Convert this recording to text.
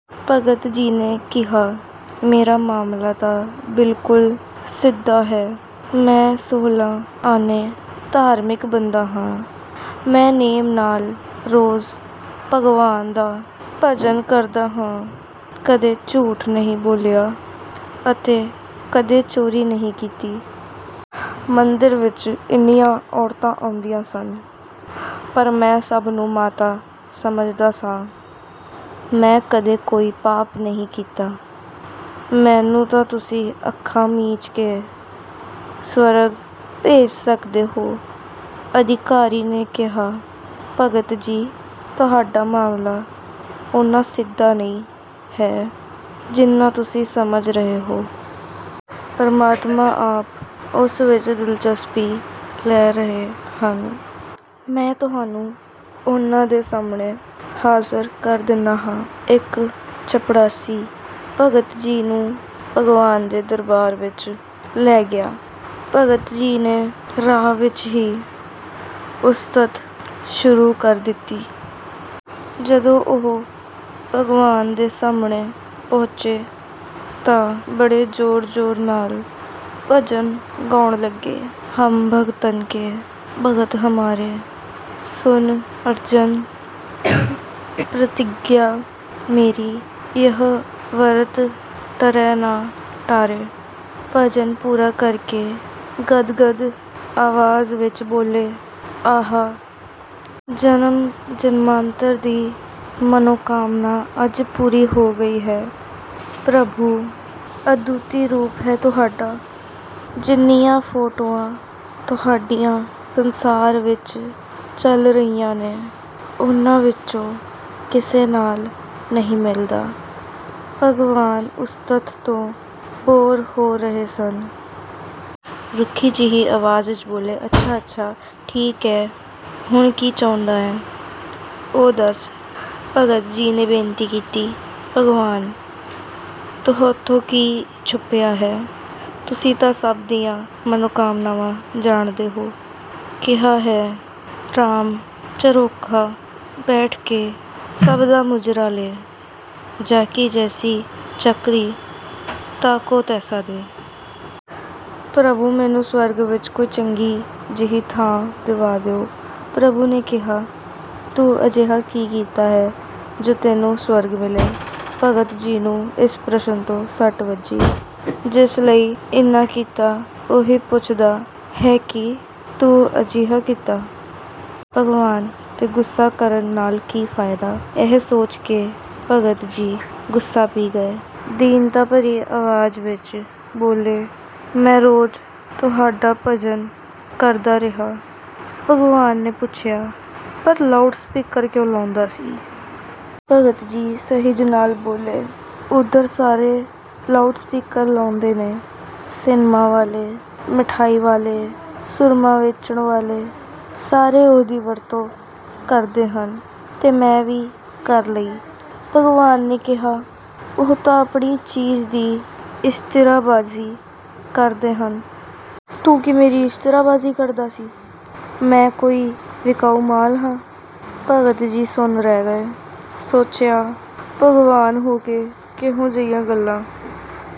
ਭਗਤ ਜੀ ਨੇ ਕਿਹਾ, "ਮੇਰਾ ਮਾਮਲਾ ਤਾਂ ਬਿਲਕੁਲ ਸਿੱਧਾ ਹੈ। ਮੈਂ ਸੋਲ੍ਹਾਂ ਆਨੇ ਧਾਰਮਿਕ ਬੰਦਾ ਹਾਂ। ਮੈਂ ਨੇਮ ਨਾਲ ਰੋਜ਼ ਭਗਵਾਨ ਦਾ ਭਜਨ ਕਰਦਾ ਹਾਂ। ਕਦੇ ਝੂਠ ਨਹੀਂ ਬੋਲਿਆ ਅਤੇ ਕਦੇ ਚੋਰੀ ਨਹੀਂ ਕੀਤੀ। ਮੰਦਿਰ ਵਿੱਚ ਇੰਨੀਆਂ ਔਰਤਾਂ ਆਉਂਦੀਆਂ ਸਨ, ਪਰ ਮੈਂ ਸਭ ਨੂੰ ਮਾਤਾ ਸਮਝਦਾ ਸਾਂ। ਮੈਂ ਕਦੇ ਕੋਈ ਪਾਪ ਨਹੀਂ ਕੀਤਾ। ਮੈਨੂੰ ਤਾਂ ਤੁਸੀਂ ਅੱਖਾਂ ਮੀਚ ਕੇ ਸਵਰਗ ਭੇਜ ਸਕਦੇ ਹੋ।" ਅਧਿਕਾਰੀ ਨੇ ਕਿਹਾ, "ਭਗਤ ਜੀ, ਤੁਹਾਡਾ ਮਾਮਲਾ ਓਨਾ ਸਿੱਧਾ ਨਹੀਂ ਹੈ, ਜਿੰਨਾ ਤੁਸੀਂ ਸਮਝ ਰਹੇ ਹੋ। ਪਰਮਾਤਮਾ ਆਪ ਉਸ ਵਿੱਚ ਦਿਲਚਸਪੀ ਲੈ ਰਹੇ ਹਨ। ਮੈਂ ਤੁਹਾਨੂੰ ਉਨ੍ਹਾਂ ਦੇ ਸਾਹਮਣੇ ਹਾਜ਼ਰ ਕਰ ਦਿੰਦਾ ਹਾਂ।" ਇੱਕ ਚਪੜਾਸੀ ਭਗਤ ਜੀ ਨੂੰ ਭਗਵਾਨ ਦੇ ਦਰਬਾਰ ਵਿੱਚ ਲੈ ਗਿਆ। ਭਗਤ ਜੀ ਨੇ ਰਾਹ ਵਿੱਚ ਹੀ ਉਸਤਤ ਸ਼ੁਰੂ ਕਰ ਦਿੱਤੀ। ਜਦੋਂ ਉਹ ਭਗਵਾਨ ਦੇ ਸਾਹਮਣੇ ਪਹੁੰਚੇ ਤਾਂ ਬੜੇ ਜ਼ੋਰ-ਜ਼ੋਰ ਨਾਲ ਭਜਨ ਗਾਉਣ ਲੱਗੇ: "ਹਮ ਭਗਤਨ ਕੇ ਭਗਤ ਹਮਾਰੇ, ਸੁਨ ਅਰਜਨ ਪ੍ਰਤਿੱਗਿਆ ਮੇਰੀ, ਯਹ ਵ੍ਰਤ ਟਰੈ ਨਾ ਟਾਰੇ।" ਭਜਨ ਪੂਰਾ ਕਰ ਕੇ ਗਦਗਦ ਆਵਾਜ਼ ਵਿੱਚ ਬੋਲੇ, "ਆਹਾ! ਜਨਮ-ਜਨਮਾਂਤਰ ਦੀ ਮਨੋਕਾਮਨਾ ਅੱਜ ਪੂਰੀ ਹੋ ਗਈ ਹੈ। ਪ੍ਰਭੂ, ਅਦੁੱਤੀ ਰੂਪ ਹੈ ਤੁਹਾਡਾ! ਜਿੰਨੀਆਂ ਫੋਟੋਆਂ ਤੁਹਾਡੀਆਂ ਸੰਸਾਰ ਵਿੱਚ ਚੱਲ ਰਹੀਆਂ ਨੇ, ਉਨ੍ਹਾਂ ਵਿੱਚੋਂ ਕਿਸੇ ਨਾਲ਼ ਨਹੀਂ ਮਿਲਦਾ।" ਭਗਵਾਨ ਉਸਤਤ ਤੋਂ 'ਬੋਰ' ਹੋ ਰਹੇ ਸਨ। ਰੁੱਖੀ ਜਿਹੀ ਆਵਾਜ਼ ਵਿੱਚ ਬੋਲੇ, "ਅੱਛਾ-ਅੱਛਾ ਠੀਕ ਐ। ਹੁਣ ਕੀ ਚਾਹੁੰਦਾ ਹੈਂ, ਉਹ ਦੱਸ?" ਭਗਤ ਜੀ ਨੇ ਬੇਨਤੀ ਕੀਤੀ, "ਭਗਵਾਨ, ਤੁਹਾਥੋਂ ਕੀ ਛੁਪਿਆ ਹੈ! ਤੁਸੀਂ ਤਾਂ ਸਭ ਦੀਆਂ ਮਨੋਕਾਮਨਾਵਾਂ ਜਾਣਦੇ ਹੋ! ਕਿਹਾ ਹੈ, 'ਰਾਮ, ਝਰੋਖਾ ਬੈਠ ਕੇ ਸਬਕਾ ਮੁਜਰਾ ਲੇ, ਜਾ ਕੀ ਜੈਸੀ ਚੱਕਰੀ ਤਾ ਕੋ ਤੈਸਾ ਦੇ!' ਪ੍ਰਭੂ, ਮੈਨੂੰ ਸਵਰਗ ਵਿੱਚ ਕੋਈ ਚੰਗੀ ਜਿਹੀ ਥਾਂ ਦਿਵਾ ਦਿਓ!" ਪ੍ਰਭੂ ਨੇ ਕਿਹਾ, "ਤੂੰ ਅਜਿਹਾ ਕੀ ਕੀਤਾ ਹੈ ਜੋ ਤੈਨੂੰ ਸਵਰਗ ਮਿਲੇ!" ਭਗਤ ਜੀ ਨੂੰ ਇਸ ਪ੍ਰਸ਼ਨ ਤੋਂ ਸੱਟ ਵੱਜੀ। ਜਿਸ ਲਈ ਇੰਨਾ ਕੀਤਾ, ਉਹੀ ਪੁੱਛਦਾ ਹੈ ਕਿ "ਤੂੰ ਅਜਿਹਾ ਕੀਤਾ!" ਭਗਵਾਨ 'ਤੇ ਗੁੱਸਾ ਕਰਨ ਨਾਲ ਕੀ ਫ਼ਾਇਦਾ? ਇਹ ਸੋਚ ਕੇ ਭਗਤ ਜੀ ਗੁੱਸਾ ਪੀ ਗਏ। ਦੀਨਤਾ ਭਰੀ ਆਵਾਜ਼ ਵਿੱਚ ਬੋਲੇ, "ਮੈਂ ਰੋਜ਼ ਤੁਹਾਡਾ ਭਜਨ ਕਰਦਾ ਰਿਹਾ।" ਭਗਵਾਨ ਨੇ ਪੁੱਛਿਆ, "ਪਰ ਲਾਊਡ ਸਪੀਕਰ ਕਿਉਂ ਲਾਉਂਦਾ ਸੀ?" ਭਗਤ ਜੀ ਸਹਿਜ ਨਾਲ ਬੋਲੇ, "ਉੱਧਰ ਸਾਰੇ ਲਾਊਡ ਸਪੀਕਰ ਲਾਉਂਦੇ ਨੇ। ਸਿਨਮਾ ਵਾਲੇ, ਮਿਠਾਈ ਵਾਲੇ, ਸੁਰਮਾ ਵੇਚਣ ਵਾਲੇ- ਸਾਰੇ ਉਹਦੀ ਵਰਤੋਂ ਕਰਦੇ ਹਨ, ਤੇ ਮੈਂ ਵੀ ਕਰ ਲਈ।" ਭਗਵਾਨ ਨੇ ਕਿਹਾ, "ਉਹ ਤਾਂ ਆਪਣੀ ਚੀਜ਼ ਦੀ ਇਸ਼ਤਿਰਾਬਾਜ਼ੀ ਕਰਦੇ ਹਨ। ਤੂੰ ਕੀ ਮੇਰੀ ਇਸ਼ਤਿਰਾਬਾਜ਼ੀ ਕਰਦਾ ਸੀ? ਮੈਂ ਕੋਈ ਵਿਕਾਊ ਮਾਲ ਹਾਂ?" ਭਗਤ ਜੀ ਸੁੰਨ ਰਹਿ ਗਏ। ਸੋਚਿਆ, ਭਗਵਾਨ ਹੋ ਕੇ ਕਿਹੋ ਜਿਹੀਆਂ ਗੱਲਾਂ